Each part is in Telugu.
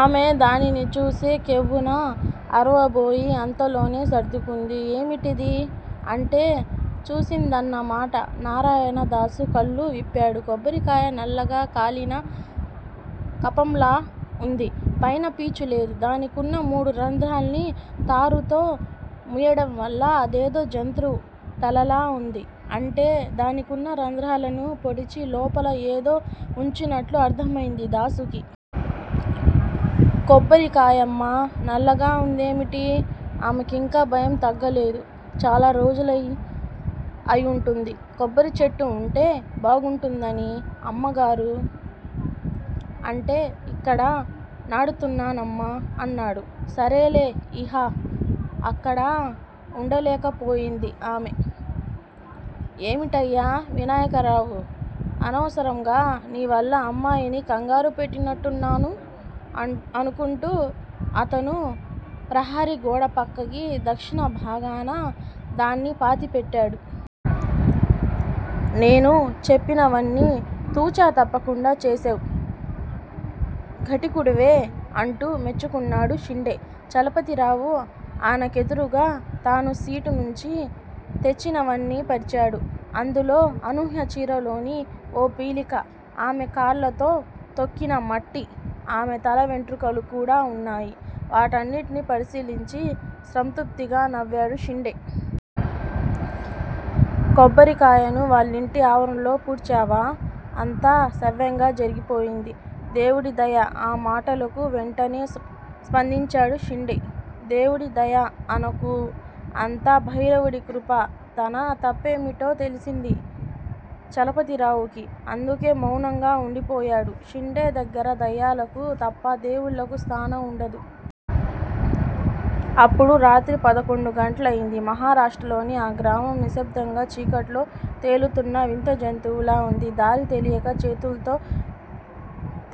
ఆమె దానిని చూసి కెవ్వున అరవబోయి, అంతలోనే సర్దుకుంది. ఏమిటిది? అంటే చూసిందన్న మాట. నారాయణదాసు కళ్ళు విప్పాడు. కొబ్బరికాయ నల్లగా కాలిన కపాలంలా వుంది. పైన పీచు లేదు. దానికున్న మూడు రంధ్రాల్ని తారుతో మూయడంవల్ల అదేదో జంతువు తలలా వుంది. అంటే దానికున్న రంధ్రాలను పొడిచి, లోపల ఏదో వుంచినట్టు అర్థమైంది దాసుకి. కొబ్బరికాయమ్మా నల్లగా వుందేమిటి? ఆమెకింకా భయం తగ్గలేదు. చాలా రోజులది అయ్యుంటుంది. కొబ్బరిచెట్టు వుంటే బావుంటుందని అమ్మగారు అంటే ఇక్కడ నాటుతున్నానమ్మా అన్నాడు. సరేలే ఇహ అక్కడ వుండలేకపోయింది ఆమె. ఏమిటయ్యా వినాయకరావూ! అనవసరంగా నీ వల్ల అమ్మాయిని కంగారుపెట్టినట్టున్నాను అనుకుంటూ అతను ప్రహరీ గోడప్రక్కకి, దక్షిణ భాగాన దాన్ని పాతి పెట్టాడు. నేను చెప్పినవన్నీ తు. చ. తప్పకుండా చేశావ్. ఘటికుడివే అంటూ మెచ్చుకున్నాడు షిండే. చలపతిరావు ఆయనకెదురుగా తను సిటీ నుంచి తెచ్చినవన్నీ పరిచాడు. అందులో అనూహ్య చీరలోని ఓ పీలిక, ఆమె కాళ్ళతో తొక్కిన మట్టి, ఆమె తల వెంట్రుకలు కూడా వున్నాయి. వాటినన్నిటినీ పరిశీలించి సంతృప్తిగా నవ్వాడు షిండే. కొబ్బరికాయను వాళ్ళింటి ఆవరణలో పూడ్చావా? అంతా సవ్యంగా జరిగిపోయింది- దేవుడి దయ ఆ మాటలకు వెంటనే స్పందించాడు షిండే. దేవుడి దయ అనకు అంతా భైరవుడి కృప. తన తప్పేమిటో తెలిసింది చలపతిరావుకి, అందుకే మౌనంగా వుండిపోయాడు. షిండే దగ్గర దెయ్యాలకు తప్ప దేవుళ్ళకు స్థానం వుండదు. అప్పుడు రాత్రి పదకొండు గంటలైంది. మహారాష్ట్రలోని ఆ గ్రామం నిశ్శబ్దంగా చీకట్లో తేలుతున్న వింత జంతువులా వుంది. దారి తెలియక చేతుల్తో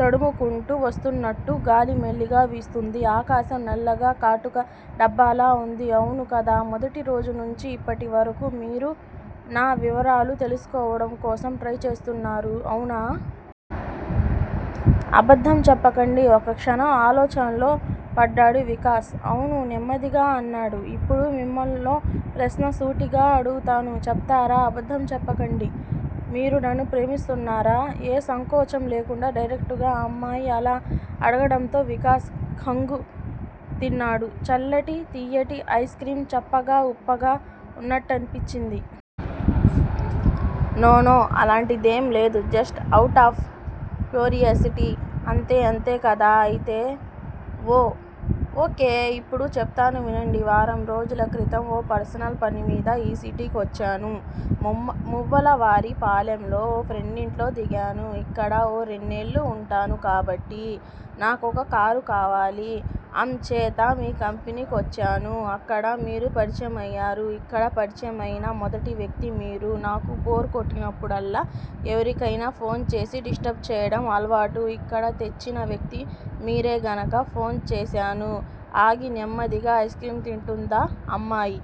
తడుముకుంటూ వస్తున్నట్టు గాలి మెల్లిగా వీస్తోంది. ఆకాశం నల్లగా కాటుక డబ్బాలా వుంది. అవును కదా మొదటిరోజు నుంచి ఇప్పటివరకూ మీరు నా వివరాలు తెల్సుకోవడం కోసం ట్రై చేస్తున్నారు అవునా? అబద్దం చెప్పకండి ఒక్కక్షణం ఆలోచనలో పడ్డాడు వికాస్. అవును నెమ్మదిగా అన్నాడు. ఇప్పుడు మిమ్మల్నో ప్రశ్న సూటిగా అడుగుతాను చెప్తారా అబద్దం చెప్పకండి? మీరు నన్ను ప్రేమిస్తున్నారా ఏ సంకోచం లేకుండా డైరెక్టర్ ఆ అమ్మాయి అలా అడగటంతో వికాస్ ఖంగు తిన్నాడు. చల్లటి, తియ్యటి ఐస్ క్రీమ్ చప్పగా, ఉప్పగా వున్నట్టనిపించింది. నో నో అలాంటిదేం లేదు జస్ట్ అవుటాఫ్ క్యూరియాసిటీ అంతే అంతే కదా అయితే ఓ. కే ఇప్పుడు చెప్తాను వినండి వారం రోజుల క్రితం ఓ పర్సనల్ పనిమీద ఈ సిటీకొచ్చాను మువ్వలవాని పాలెంలో ఓ ఫ్రెండింట్లో దిగాను ఇక్కడ ఓ రెన్నెల్లు వుంటాను కాబట్టి, నాకో కారు కావాలి అంచేత మీ కంపెనీ కొచ్చాను అక్కడ మీరు పరిచయమయ్యారు ఇక్కడ పరిచయమైన మొదటి వ్యక్తి మీరు నాకు బోర్ కొట్టినప్పుడల్లా ఎవరికయినా ఫోన్ చేసి 'డిస్ట్రబ్' చెయ్యడం అలవాటు ఇక్కడ తెచ్చిన వ్యక్తి మీరే గనక ఫోన్ చేశాను ఆగి నెమ్మదిగా ఐస్ క్రీం తింటోందా అమ్మాయి.